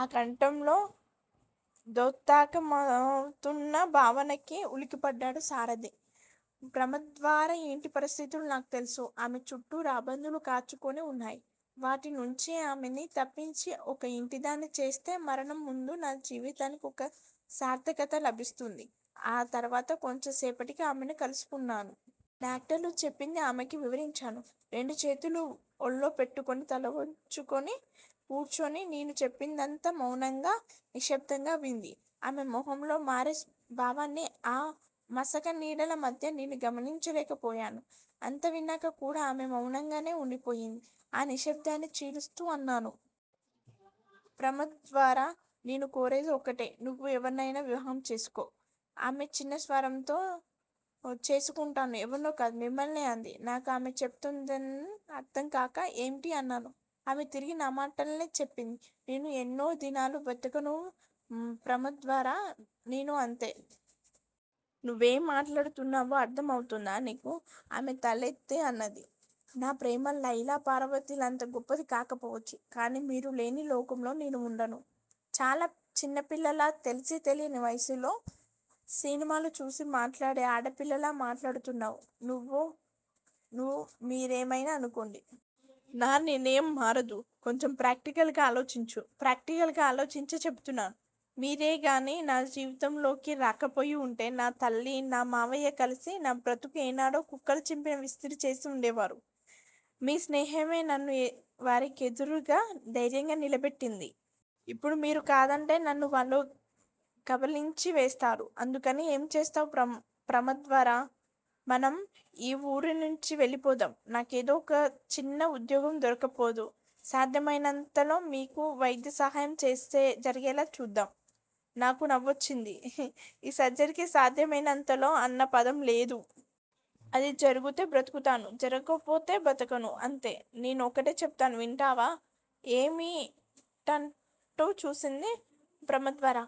ఆ కంఠంలో ద్యోతక మౌతున్న భావనకి ఉలిక్కిపడ్డాడు సారధి. ప్రమద్వర ఇంటి పరిస్థితులు నాకు తెలుసు. ఆమె చుట్టూ రాబందులు కాచుకుని వున్నాయి. వాటినుంచి ఆమెని తప్పించి, ఒక ఇంటిదాన్ని చేస్తే మరణం ముందు నా జీవితానికి ఒక సార్ధకత లభిస్తుంది. ఆ తరువాత కొంచెం సేపటికి ఆమెని కలుసుకున్నాను. డాక్టర్లు చెప్పింది ఆమెకి వివరించాను. రెండుచేతులూ వళ్ళో పెట్టుకుని, తలవంచుకుని కూర్చుని నేను చెప్పినదంతా మౌనంగా, నిశ్శబ్దంగా వింది. ఆమె మొహంలో మారే భావాల్ని ఆ మసకనీడల మధ్య నేను గమనించలేకపోయాను. అంతా విన్నాక కూడా ఆమె మౌనంగానే వుండిపోయింది. ఆ నిశ్శబ్ధాన్ని చీలుస్తూ అన్నాను. ప్రమద్వరా- నేను కోరేది ఒకటే నువ్వు ఎవర్నైనా వివాహం చేసుకో. ఆమె చిన్న స్వరంతో చేసుకుంటాను ఎవర్నో కాదు, మిమ్మల్నే అంది. నాకు ఆమె చెపుతున్నది అర్ధంకాక ఏమిటీ అన్నాను ఆమె తిరిగి ఆ మాటల్నే చెప్పింది. నేను ఎన్నో దినాలు బ్రతకను ప్రమద్వరా- నేనూ అంతే. నువ్వేం మాట్లాడుతున్నావో అర్ధం అవుతుందా నీకు? ఆమె తలెత్తి అన్నది- నా ప్రేమ లైలా పార్వతీలంత గొప్పది కాకపోవచ్చు. కానీ మీరు లేని లోకంలో నేనూ వుండను. చాలా చిన్న పిల్లలా, తెలిసీ తెలియని వయసులో సినిమాలు చూసి మాట్లాడే ఆడపిల్లలా మాట్లాడుతున్నావు నువు- మీరేమయినా అనుకోండి. నా నిర్ణయం మారదు. కొంచెం ప్రాక్టికల్ గా ఆలోచించు. ప్రాక్టికల్ గా ఆలోచించే చెపుతున్నాను, మీరేగానీ నా జీవితంలోకి రాకపోయివుంటే నా తల్లి, నా మావయ్య కలిసి నా బ్రతుకు ఏనాడో కుక్కలు చింపిన విస్తరి చేసి వుండేవారు. మీ స్నేహమే నన్ను వారి కెదురుగా ధైర్యంగా నిలబెట్టింది. ఇప్పుడు మీరు కాదంటే నన్ను వాళ్ళు కబళించి వేస్తారు- అందుకని ఏం చేస్తావు ప్రమద్వరా? మనం ఈ ఊరునుంచి వెళ్ళిపోదాం. నాకేదో ఒక చిన్న ఉద్యోగం దొరక్కపోదు. సాధ్యమయినంతలో మీకు వైద్య సహాయం జరిగేలా చూద్దాం. నాకు నవ్వొచ్చింది. ఈ సర్జెరీకి సాధ్యమైనంతలో అన్న పదం లేదు. అది జరుగుతే బ్రతుకుతాను. జరక్కపోతే బ్రతకను అంతే! నే నొకటి చెపుతాను వింటావా? ఏమిటన్నట్టు చూసింది ప్రమద్వర.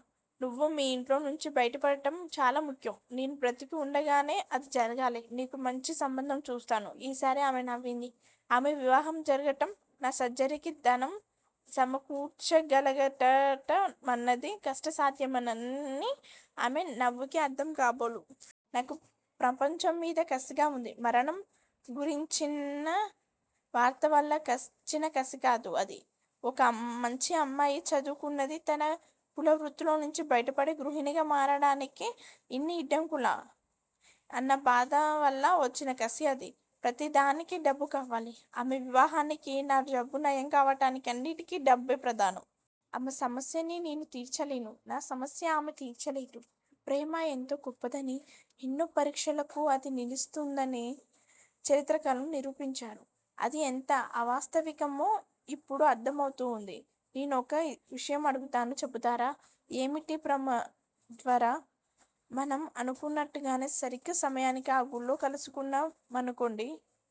నువ్వు మీ ఇంట్లోంచి బయటపడటం చాలా ముఖ్యం. నేను బ్రతికి వుండగానే అది జరగాలి. నీకు మంచి సంబంధం చూస్తాను. ఈసారి ఆమె నవ్వింది. ఆమె వివాహం జరగటం నా సర్జెరీకి ధనం సమకూర్చగలగట మన్నది కష్టసాధ్యమని, ఆమె నవ్వుకి అర్ధం కాబోలు. నాకు ప్రపంచంమీద కసిగా వుంది. మరణం గురించిన వార్త వల్ల వచ్చిన కసికాదు అది. ఒక మంచి అమ్మాయి, చదువుకున్నది-తన కులవృత్తిలోంచి బయటపడి గృహిణిగా మారడానికి ఇన్ని అడ్డంకులా, అన్న బాధవల్ల వచ్చిన కసి అది, ప్రతిదానికీ డబ్బు కావాలి. ఆమె వివాహానికీ, నా జబ్బు నయం కావటానికీ- అన్నింటికీ డబ్బే ప్రధానం. ఆమె సమస్యని నేను తీర్చలేను. నా సమస్య ఆమె తీర్చలేదు. ప్రేమ ఎంతో గొప్పదనీ, ఎన్నో పరీక్షలకు అది నిలుస్తుందనీ చరిత్రకారులు నిరూపించారు. అది ఎంత అవాస్తవికమో ఇప్పుడు అర్ధమవుతూంది. నేనొక విషయం అడుగుతాను చెబుతారా? ఏమిటి ప్రమద్వరా? మనం అనుకున్నట్టుగానే సరీగ్గా సమయానికి ఆ గుళ్ళో కలుసుకున్నా మనుకోండి.